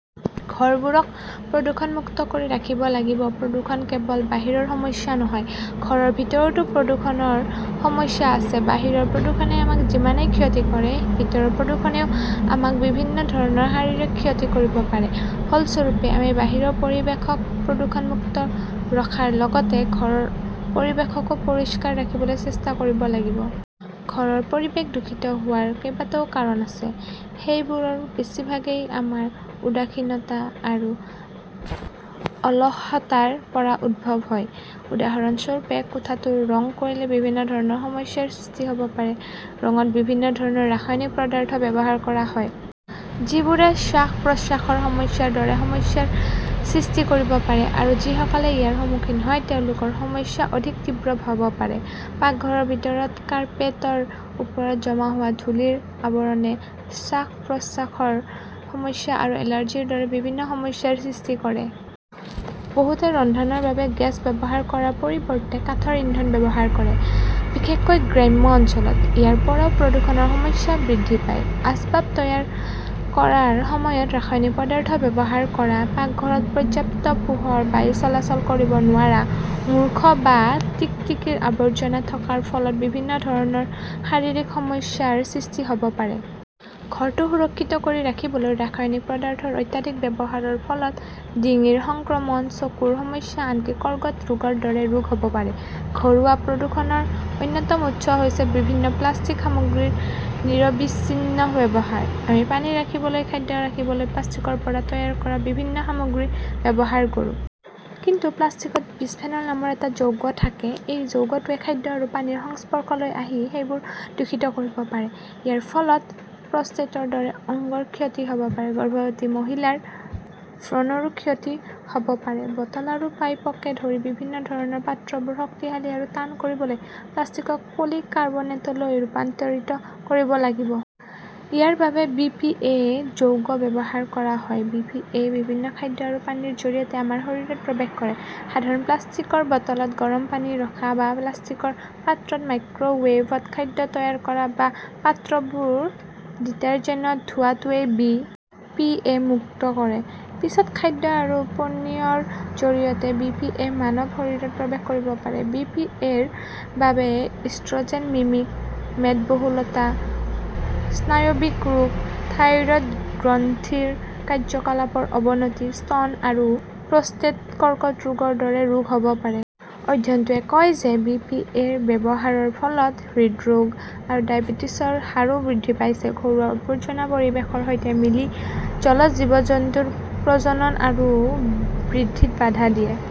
ঘৰবোৰক প্ৰদূষণমুক্ত কৰি ৰাখিব লাগিব প্ৰদূষণ কেৱল বাহিৰৰ সমস্যা নহয়, ঘৰৰ ভিতৰতো প্ৰদূষণৰ সমস্যা আছে। বাহিৰৰ প্ৰদূষণে আমাক যিমানেই ক্ষতি কৰে, ভিতৰৰ প্ৰদূষণেও আমাক বিভিন্ন ধৰণৰ শাৰীৰিক ক্ষতি কৰিব পাৰে। ফলস্বৰূপে, আমি বাহিৰৰ পৰিৱেশক প্ৰদূষণমুক্ত ৰখাৰ লগতে ঘৰৰ পৰিৱেশকো পৰিষ্কাৰ ৰাখিবলৈ চেষ্টা কৰিব লাগিব। ঘৰৰ পৰিৱেশ দূষিত হোৱাৰ কেইবাটাও কাৰণ আছে। সেইবোৰৰ বেছিভাগেই আমাৰ উদাসীনতা আৰু অলসতাৰ পৰা উদ্ভৱ হয়। উদাহৰণস্বৰূপে, কোঠাটো ৰং কৰিলে বিভিন্ন ধৰণৰ সমস্যাৰ সৃষ্টি হ'ব পাৰে। ৰঙত বিভিন্ন ধৰণৰ ৰাসায়নিক পদাৰ্থ ব্যৱহাৰ কৰা হয়। যিবোৰে শ্বাস-প্ৰশ্বাসৰ সমস্যাৰ দৰে সমস্যাৰ সৃষ্টি কৰিব পাৰে, আৰু যিসকলে ইয়াৰ সন্মুখীন হয় তেওঁলোকৰ সমস্যা অধিক তীব্ৰ হ'ব পাৰে। পাকঘৰৰ ভিতৰত, কাৰ্পেটৰ ওপৰত জমা হোৱা ধূলিৰ আৱৰণে শ্বাস-প্ৰশ্বাসৰ সমস্যা আৰু এলাৰ্জিৰ দৰে বিভিন্ন সমস্যাৰ সৃষ্টি কৰে। বহুতে ৰন্ধনৰ বাবে গেছ ব্যৱহাৰ কৰাৰ পৰিৱৰ্তে কাঠৰ ইন্ধন ব্যৱহাৰ কৰে। বিশেষকৈ গ্ৰাম্য অঞ্চলত। ইয়াৰ পৰাও প্ৰদূষণৰ সমস্যা বৃদ্ধি পায়। আচবাব তৈয়াৰ কৰাৰ সময়ত ৰাসায়নিক পদাৰ্থ ব্যৱহাৰ কৰা, পাকঘৰত পৰ্যাপ্ত পোহৰ, বায়ু চলাচল কৰিব নোৱাৰা, মূৰ্খ বা টিকটিকিৰ আৱৰ্জনা থকাৰ ফলত বিভিন্ন ধৰণৰ শাৰীৰিক সমস্যাৰ সৃষ্টি হ'ব পাৰে। ঘৰটো সুৰক্ষিত কৰি ৰাখিবলৈ ৰাসায়নিক পদাৰ্থৰ অত্যাধিক ব্যৱহাৰৰ ফলত ডিঙিৰ সংক্ৰমণ, চকুৰ সমস্যা, আনকি কৰ্কট ৰোগৰ দৰে ৰোগ হ'ব পাৰে। ঘৰুৱা প্ৰদূষণৰ অন্যতম উৎস হৈছে বিভিন্ন প্লাষ্টিক সামগ্ৰীৰ নিৰবিচ্ছিন্ন ব্যৱহাৰ। আমি পানী ৰাখিবলৈ, খাদ্য ৰাখিবলৈ প্লাষ্টিকৰ পৰা তৈয়াৰ কৰা বিভিন্ন সামগ্ৰী ব্যৱহাৰ কৰো। কিন্তু প্লাষ্টিকত বিসফেনল নামৰ এটা যৌগ থাকে। এই যৌগটোৱে খাদ্য আৰু পানীৰ সংস্পৰ্শলৈ আহি সেইবোৰ দূষিত কৰিব পাৰে। ইয়াৰ ফলত প্ৰস্টেটৰ দৰে অংগৰ ক্ষতি হ'ব পাৰে, গৰ্ভৱতী মহিলাৰ ভ্ৰূণৰো ক্ষতি হ'ব পাৰে। বটল আৰু পাইপকে ধৰি বিভিন্ন ধৰণৰ পাত্ৰবোৰ শক্তিশালী আৰু টান কৰিবলৈ প্লাষ্টিকক পলি কাৰ্বনেটলৈ ৰূপান্তৰিত কৰিব লাগিব। ইয়াৰ বাবে বি. পি. এ. যৌগ ব্যৱহাৰ কৰা হয়। বি. পি. এ. বিভিন্ন খাদ্য আৰু পানীৰ জৰিয়তে আমাৰ শৰীৰত প্ৰৱেশ কৰে। সাধাৰণ প্লাষ্টিকৰ বটলত গৰম পানী ৰখা বা প্লাষ্টিকৰ পাত্ৰত মাইক্ৰৱেভত খাদ্য তৈয়াৰ কৰা বা পাত্ৰবোৰ ডিটাৰজেণ্টত ধোৱাটোৱে বি. পি. এ. মুক্ত কৰে। পিছত খাদ্য আৰু পানীয়ৰ জৰিয়তে বি. পি. এ. মানৱ শৰীৰত প্ৰৱেশ কৰিব পাৰে। বি. পি. এ.ৰ বাবে ইষ্ট্ৰজেন মিমিক, মেদবহুলতা, স্নায়ৱিক ৰোগ, থাইৰয়ড গ্ৰন্থিৰ কাৰ্য্যকলাপৰ অৱনতি, স্তন আৰু প্ৰস্টেট কৰ্কট ৰোগৰ দৰে ৰোগ হ'ব পাৰে। অধ্যয়নটোৱে কয় যে বি. পি. এ. -ৰ ব্যৱহাৰৰ ফলত হৃদৰোগ আৰু ডায়েবেটিছৰ হাৰো বৃদ্ধি পাইছে। ঘৰুৱা আৱৰ্জনা পৰিৱেশৰ সৈতে মিলি জলজ জীৱ-জন্তুৰ প্ৰজনন আৰু বৃদ্ধিত বাধা দিয়ে।